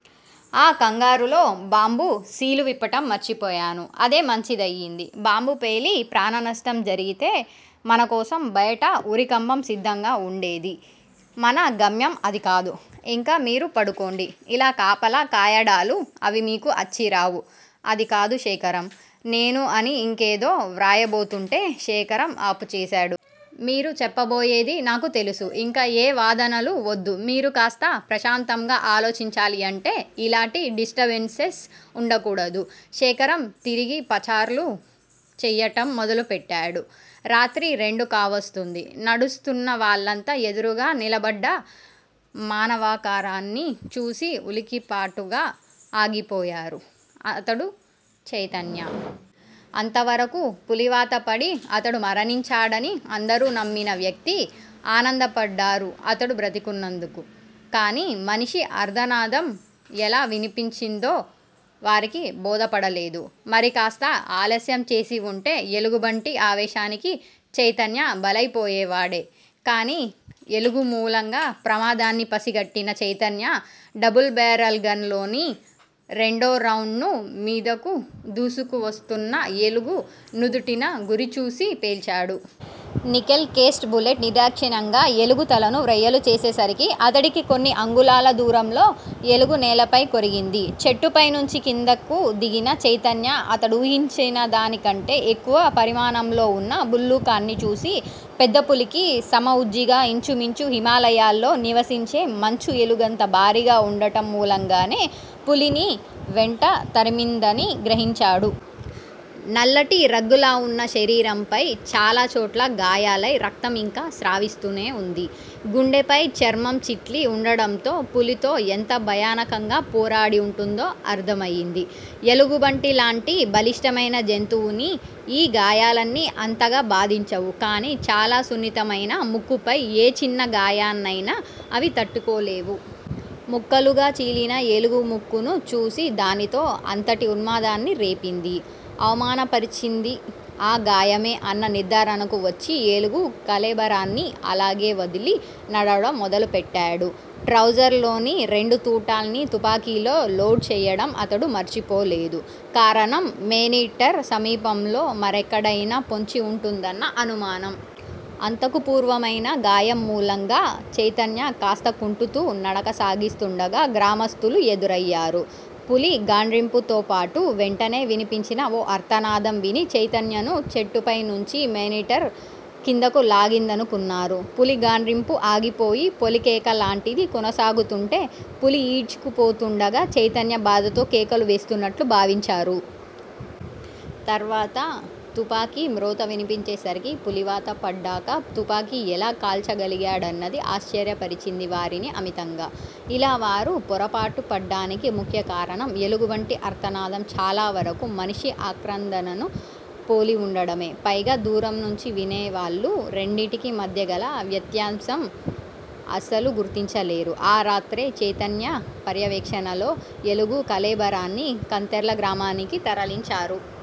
ఆ కంగారులో bomb seal విప్పటం మర్చిపోయాను. అదే మంచిదయ్యింది. బాంబు పేలి ప్రాణనష్టం జరిగితే మనకోసం బయట ఉరికంబం సిద్ధంగా వుండేది. మన గమ్యం అదికాదు. ఇంక మీరు పడుకోండి, ఇలా కాపలా కాయడాలూ అవీ మీకు అచ్చిరావు అదికాదు శేఖరం. నేనూ అని ఇంకేదో వ్రాయబోతూంటే శేఖరం ఆపుచేసాడు. మీరు చెప్పబోయేది నాకు తెలుసు. ఇంక ఏ వాదనలూ వద్దు. మీరు కాస్త ప్రశాంతంగా ఆలోచించాలీ అంటే ఇలాటి డిస్ట్రబెన్సెస్ ఉండకూడదు. శేఖరం తిరిగి పచార్లు చెయ్యటం మొదలుపెట్టాడు. రాత్రి రెండు కావస్తూంది. నడుస్తున్న వాళ్ళంతా ఎదురుగా నిలబడ్డ మానవాకారాన్ని చూసి ఉలికిపాటుగా ఆగిపోయారు. అతడు చైతన్య. అంతవరకూ పులివాత పడి అతడు మరణించాడని అందరూ నమ్మిన వ్యక్తి. ఆనందపడ్డారు అతడు బ్రతికున్నందుకు. కాని మనిషి అర్ధనాదం ఎలా వినిపించిందో వారికి బోధపడలేదు. మరికాస్త ఆలస్యంచేసి ఉంటే ఎలుగుబంటి ఆవేశానికి చైతన్య బలయిపోయేవాడే. కాని ఎలుగుమూలంగా ప్రమాదాన్ని పసిగట్టిన చైతన్య డబుల్ బేరల్ గన్ లోని రెండో రౌండ్ ను మీదకు దూసుకువస్తున్న ఎలుగు నుదుటిన గురిచూసి పేల్చాడు. నికెల్ కేస్ట్ బులెట్ నిర్దాక్షిణ్యంగా ఎలుగు తలను వ్రయ్యలు చేసేసరికి అతడికి కొన్ని అంగుళాల దూరంలో ఎలుగు నేలపై కొరిగింది. చెట్టుపై నుంచి క్రిందకు దిగిన చైతన్య అతడూహించిన దానికంటే ఎక్కువ పరిమాణంలో వున్న భల్లూకాన్ని చూసి పెద్దపులికి సమఉజ్జీగా ఇంచుమించు హిమాలయాల్లో నివసించే మంచు ఎలుగంత భారీగా ఉండటం మూలంగానే పులిని వెంట తరిమిందని గ్రహించాడు. నల్లటి రగ్గులావున్న శరీరంపై చాలాచోట్ల గాయాలై రక్తం ఇంకా స్రవిస్తూనే వుంది. గుండెపై చర్మం చిట్లి ఉండడంతో పులితో ఎంత భయానకంగా పోరాడి ఉంటుందో అర్ధమయింది. ఎలుగుబంటిలాంటి బలిష్టమైన జంతువుని ఈ గాయాలన్నీ అంతగా బాధించవు. కాని చాలా సున్నితమైన ముక్కుపై ఏ చిన్న గాయాన్నైనా అవి తట్టుకోలేవు. ముక్కలుగా చీలిన ఎలుగు ముక్కును చూసి దానిలో అంతటి ఉన్మాదాన్ని రేపింది. అవమానపరిచింది ఆ గాయమే అన్న నిర్ధారణకు వచ్చి ఎలుగు కళేబరాన్ని అలాగేవదిలి నడవడం మొదలుపెట్టాడు. ట్రౌజర్ లోని రెండు తూటాల్ని తుపాకీలో లోడ్ చేయడం అతడు మరిచిపోలేదు. కారణం_మేనీటర్ సమీపంలో మరెక్కడయినా పొంచి ఉంటుందన్న అనుమానం. అంతకు పూర్వమైన గాయం మూలంగా చైతన్య కాస్త కుంటుతూ నడక సాగిస్తుండగా గ్రామస్థులు ఎదురయ్యారు. పులి గాండ్రింపుతోపాటు వెంటనే వినిపించిన ఓ ఆర్తనాదం విని చైతన్యను చెట్టుపై నుంచి మేనీటర్ కిందికి లాగిందనుకున్నారు. పులి గాండ్రింపు ఆగిపోయి పొలికేక లాంటిది కొనసాగుతుంటే పులి ఈడ్చుకుపోతుండగా చైతన్య బాధతో కేకలు వేస్తున్నట్టు భావించారు. తర్వాత తుపాకీ మ్రోత వినిపించేసరికి పులివాత పడ్డాక తుపాకీ ఎలా కాల్చగలిగా డన్నది ఆశ్చర్యపరిచింది వారిని అమితంగా. ఇలా వారు పొరపాటుపడ్డానికి ముఖ్యకారణం_ఎలుగుబంటి ఆర్తనాదం చాలావరకు మనిషి ఆక్రందనను పోలివుండడమే. పైగా దూరం నుంచి వినేవాళ్ళు రెండింటికి మధ్యగల వ్యత్యాసం అసలు గుర్తించలేరు. ఆ రాత్రే చైతన్య పర్యవేక్షణలో ఎలుగు కళేబరాన్ని కంతెర్ల గ్రామానికి తరలించారు.